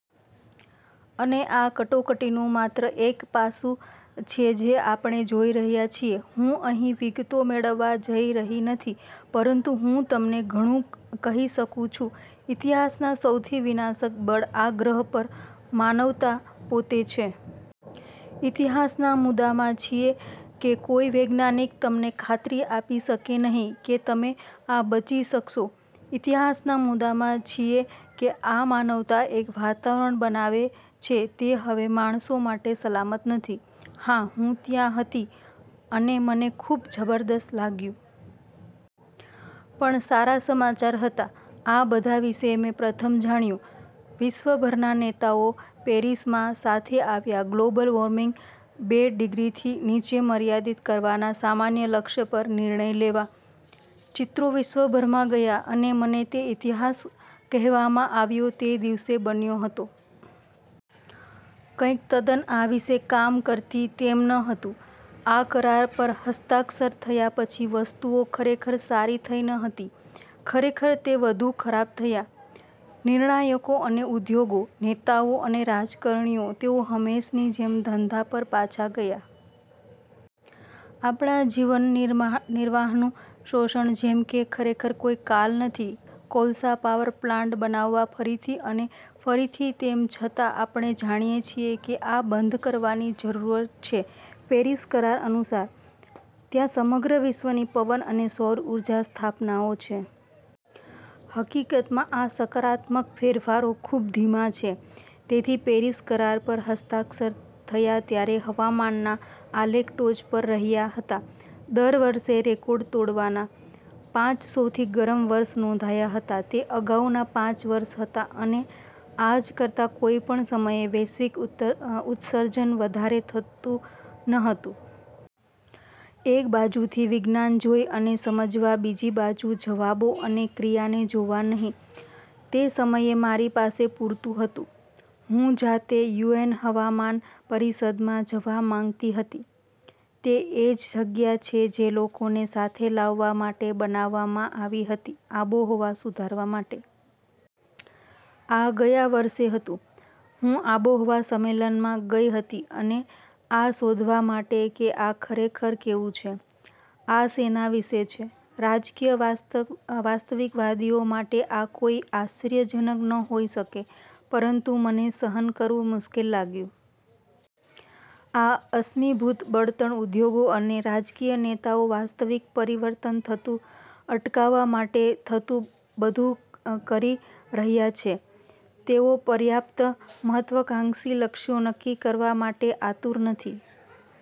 અને આ કટોકટીનુ માત્ર એક પાસું છે જે આપણે જોઈ રહ્યા છીએ. હું અહીં વિગતો મેળવવા જઇ રહી નથી પરંતુ હું તમને ઘણું કહી શકું છું. ઇતિહાસના સૌથી વિનાશક બળ આ ગ્રહ પર માનવતા પોતે છે. ઇતિહાસના મુદ્દામાં છીએ કે કોઈ વૈજ્ઞાનિક તમને ખાતરી આપી શકે નહીં કે તમે આ બચી શકશો. ઇતિહાસના મુદ્દામાં છીએ કે આ માનવતા એક વાતાવરણ બનાવે છે તે હવે માણસો માટે સલામત નથી. હા, હું ત્યાં હતી અને મને ખૂબ જબરજસ્ત લાગ્યું. પણ સારા સમાચાર હતા. આ બધા વિશે મે પ્રથમ જાણ્યું. વિશ્વભરના નેતાઓ પેરિસમાં સાથે આવ્યા ગ્લોબલ વોર્મિંગ બે ડિગ્રીથી નીચે મર્યાદિત કરવાના સામાન્ય લક્ષ્ય પર નિર્ણય લેવા. ચિત્રો વિશ્વભરમાં ગયા અને મને તે ઇતિહાસ કહેવામાં આવ્યો તે દિવસે બન્યો હતો. કંઈક તદ્દન આ વિશે કામ કરતી તેમ ન હતું. આ કરાર પર હસ્તાક્ષર થયા પછી વસ્તુઓ ખરેખર સારી થઈ ન હતી. ખરેખર, તે વધુ ખરાબ થયા. નિર્ણાયકો અને ઉદ્યોગો, નેતાઓ અને રાજકારણીઓ તેઓ હંમેશની જેમ ધંધા પર પાછા ગયા. આપણા જીવનનિર્વાહનું શોષણ જેમ કે ખરેખર કોઈ કાલ નથી. કોલસા પાવર પ્લાન્ટ બનાવવા ફરીથી અને ફરીથી તેમ છતાં આપણે જાણીએ છીએ કે આ બંધ કરવાની જરૂર છે પેરિસ કરાર અનુસાર. ત્યાં સમગ્ર વિશ્વની પવન અને સૌર ઊર્જા સ્થાપનાઓ છે. હકીકતમાં, આ સકારાત્મક ફેરફારો ખૂબ ધીમા છે. તેથી પેરિસ કરાર પર હસ્તાક્ષર થયા ત્યારે હવામાનના આલેખ ટોચ પર રહ્યા હતા દર વર્ષે રેકોર્ડ તોડવાના. પાંચ સૌથી ગરમ વર્ષ નોધાયાં હતા તે અગાઉના પાંચ વર્ષ હતા અને આજ કરતા કોઈપણ સમયે વૈશ્વિક ઉત્સર્જન વધારે થતું ન હતું. એક બાજુથી વિજ્ઞાન જોઈ અને સમજવા, બીજી બાજુ જવાબો અને ક્રિયાને જોવા નહીં. તે સમયે મારી પાસે પૂરતું હતું. હું જાતે યુએન હવામાનપરિષદમાં જવા માંગતી હતી. તે એ જ જગ્યા છે જે લોકોને સાથે લાવવા માટે બનાવવામાં આવી હતી આબોહવા સુધારવા માટે. આ ગયા વર્ષે હતું. હું આબોહવા સંમેલનમાં ગઈ હતી અને આ શોધવા માટે કે આ ખરેખર કેવું છે. આ સેના વિશે છે. રાજકીય વાસ્તવિકવાદીઓ માટે આ કોઈ આશ્ચર્યજનક ન હોઈ શકે પરંતુ મને સહન કરવું મુશ્કેલ લાગ્યું. આ અશ્મિભૂત બળતણ ઉદ્યોગો અને રાજકીય નેતાઓ વાસ્તવિક પરિવર્તન થતું અટકાવવા માટે થતું બધું કરી રહ્યા છે. તેઓ પર્યાપ્ત મહત્વાકાંક્ષી લક્ષ્યો નક્કી કરવા માટે આતુર નથી.